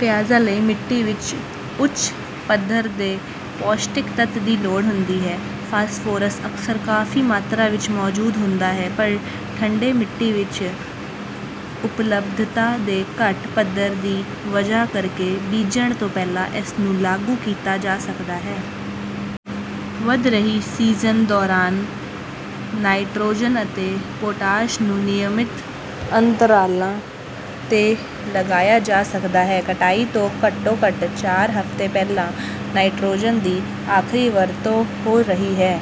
ਪਿਆਜ਼ਾਂ ਲਈ ਮਿੱਟੀ ਵਿੱਚ ਉੱਚ ਪੱਧਰ ਦੇ ਪੌਸ਼ਟਿਕ ਤੱਤ ਦੀ ਲੋੜ ਹੁੰਦੀ ਹੈ। ਫਾਸਫੋਰਸ ਅਕਸਰ ਕਾਫੀ ਮਾਤਰਾ ਵਿੱਚ ਮੌਜੂਦ ਹੁੰਦਾ ਹੈ ਪਰ ਠੰਡੇ ਮਿੱਟੀ ਵਿੱਚ ਉਪਲਬਧਤਾ ਦੇ ਘੱਟ ਪੱਧਰ ਦੀ ਵਜ੍ਹਾ ਕਰਕੇ ਬੀਜਣ ਤੋਂ ਪਹਿਲਾਂ ਇਸਨੂੰ ਲਾਗੂ ਕੀਤਾ ਜਾ ਸਕਦਾ ਹੈ। ਵਧ ਰਹੀ ਸੀਜ਼ਨ ਦੌਰਾਨ ਨਾਈਟ੍ਰੋਜਨ ਅਤੇ ਪੋਟਾਸ਼ ਨੂੰ ਨਿਯਮਤ ਅੰਤਰਾਲਾਂ ਤੇ ਲਗਾਇਆ ਜਾ ਸਕਦਾ ਹੈ ਕਟਾਈ ਤੋਂ ਘੱਟੋ ਘੱਟ ਚਾਰ ਹਫਤੇ ਪਹਿਲਾਂ ਨਾਈਟ੍ਰੋਜਨ ਦੀ ਆਖਰੀ ਵਰਤੋਂ ਹੋ ਰਹੀ ਹੈ।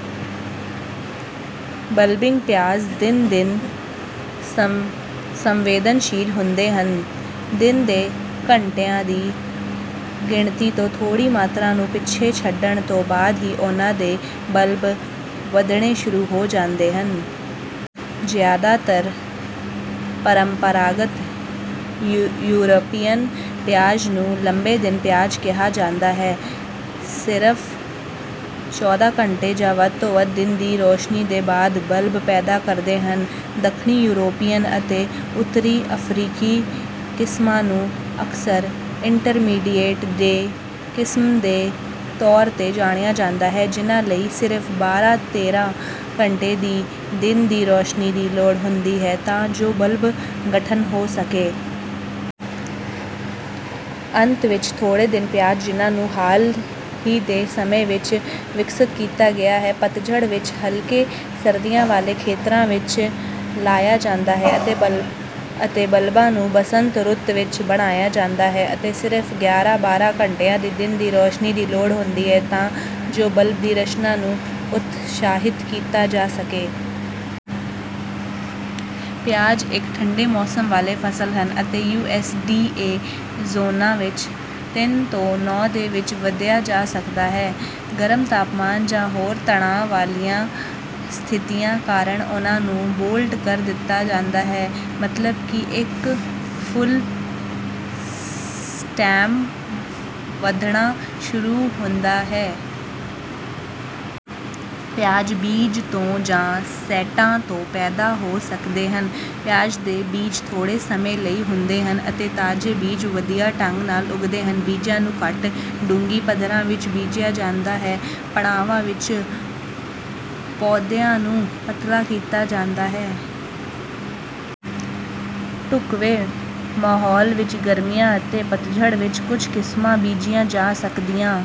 ਬਲਬਿੰਗ ਪਿਆਜ਼ ਦਿਨ ਦਿਨ ਸੰਵੇਦਨਸ਼ੀਲ ਹੁੰਦੇ ਹਨ ਦਿਨ ਦੇ ਘੰਟਿਆਂ ਦੀ ਗਿਣਤੀ ਤੋਂ ਥੋੜ੍ਹੀ ਮਾਤਰਾ ਨੂੰ ਪਿੱਛੇ ਛੱਡਣ ਤੋਂ ਬਾਅਦ ਹੀ ਉਨ੍ਹਾਂ ਦੇ ਬਲਬ ਵਧਣੇ ਸ਼ੁਰੂ ਹੋ ਜਾਂਦੇ ਹਨ। ਜ਼ਿਆਦਾਤਰ ਪਰੰਪਰਾਗਤ ਯੂਰਪੀਅਨ ਪਿਆਜ਼ ਨੂੰ ਲੰਬੇ ਦਿਨ ਪਿਆਜ਼ ਕਿਹਾ ਜਾਂਦਾ ਹੈ ਸਿਰਫ ਚੌਦਾਂ ਘੰਟਿਆਂ ਜਾਂ ਵੱਧ ਤੋਂ ਵੱਧ ਦਿਨ ਦੀ ਰੋਸ਼ਨੀ ਦੇ ਬਾਅਦ ਬਲਬ ਪੈਦਾ ਕਰਦੇ ਹਨ। ਦੱਖਣੀ ਯੂਰਪੀਅਨ ਅਤੇ ਉੱਤਰੀ ਅਫਰੀਕੀ ਕਿਸਮਾਂ ਨੂੰ ਅਕਸਰ ਇੰਟਰਮੀਡੀਏਟ ਡੇ ਕਿਸਮ ਦੇ ਤੌਰ ਤੇ ਜਾਣਿਆ ਜਾਂਦਾ ਹੈ ਜਿਨ੍ਹਾਂ ਲਈ ਸਿਰਫ ਬਾਰਾਂ ਤੇਰਾਂ ਘੰਟੇ ਦੀ ਦਿਨ ਦੀ ਰੋਸ਼ਨੀ ਦੀ ਲੋੜ ਹੁੰਦੀ ਹੈ ਤਾਂ ਜੋ ਬਲਬ ਗਠਨ ਹੋ ਸਕੇ। ਅੰਤ ਵਿੱਚ ਥੋੜੇ ਦਿਨ ਪਿਆਜ਼ ਜਿਨ੍ਹਾਂ ਨੂੰ ਹਾਲ ਹੀ ਦੇ ਸਮੇਂ ਵਿੱਚ ਵਿਕਸਤ ਕੀਤਾ ਗਿਆ ਹੈ ਪਤਝੜ ਵਿੱਚ ਹਲਕੇ ਸਰਦੀਆਂ ਵਾਲੇ ਖੇਤਰਾਂ ਵਿੱਚ ਲਾਇਆ ਜਾਂਦਾ ਹੈ ਅਤੇ ਬਲਬਾਂ ਨੂੰ ਬਸੰਤ ਰੁੱਤ ਵਿੱਚ ਬਣਾਇਆ ਜਾਂਦਾ ਹੈ ਅਤੇ ਸਿਰਫ ਗਿਆਰਾਂ ਬਾਰਾਂ ਘੰਟਿਆਂ ਦੀ ਦਿਨ ਦੀ ਰੋਸ਼ਨੀ ਦੀ ਲੋੜ ਹੁੰਦੀ ਹੈ ਤਾਂ ਜੋ ਬਲਬ ਦੀ ਰਚਨਾ ਨੂੰ ਉਤਸ਼ਾਹਿਤ ਕੀਤਾ ਜਾ ਸਕੇ। ਪਿਆਜ਼ ਇੱਕ ਠੰਢੇ ਮੌਸਮ ਵਾਲੇ ਫਸਲ ਹਨ ਅਤੇ ਯੂ ਐਸ ਡੀ ਏ ਜ਼ੋਨਾਂ ਵਿੱਚ ਤਿੰਨ ਤੋਂ ਨੌਂ ਦੇ ਵਿੱਚ ਵਧਿਆ ਜਾ ਸਕਦਾ ਹੈ। ਗਰਮ ਤਾਪਮਾਨ ਜਾਂ ਹੋਰ ਤਣਾਅ ਵਾਲੀਆਂ ਸਥਿਤੀਆਂ ਕਾਰਨ ਉਹਨਾਂ ਨੂੰ ਬੋਲਟ ਕਰ ਦਿੱਤਾ ਜਾਂਦਾ ਹੈ ਮਤਲਬ ਕਿ ਇੱਕ ਫੁੱਲ ਸਟੈਮ ਵਧਣਾ ਸ਼ੁਰੂ ਹੁੰਦਾ ਹੈ। ਪਿਆਜ਼ ਬੀਜ ਤੋਂ ਜਾਂ ਸੈਟਾਂ ਤੋਂ ਪੈਦਾ ਹੋ ਸਕਦੇ ਹਨ। ਪਿਆਜ਼ ਦੇ ਬੀਜ ਥੋੜੇ ਸਮੇਂ ਲਈ ਹੁੰਦੇ ਹਨ ਅਤੇ ਤਾਜ਼ੇ ਬੀਜ ਵਧੀਆ ਢੰਗ ਨਾਲ ਉਗਦੇ ਹਨ। ਬੀਜਾਂ ਨੂੰ ਘੱਟ ਡੂੰਘੀ ਪੱਧਰਾਂ ਵਿੱਚ ਬੀਜਿਆ ਜਾਂਦਾ ਹੈ ਪੜਾਵਾਂ ਵਿੱਚ ਪੌਦਿਆਂ ਨੂੰ ਪਤਲਾ ਕੀਤਾ ਜਾਂਦਾ ਹੈ। ਢੁਕਵੇਂ ਮਾਹੌਲ ਵਿੱਚ ਗਰਮੀਆਂ ਅਤੇ ਪਤਝੜ ਵਿੱਚ ਕੁਝ ਕਿਸਮਾਂ ਬੀਜੀਆਂ ਜਾ ਸਕਦੀਆਂ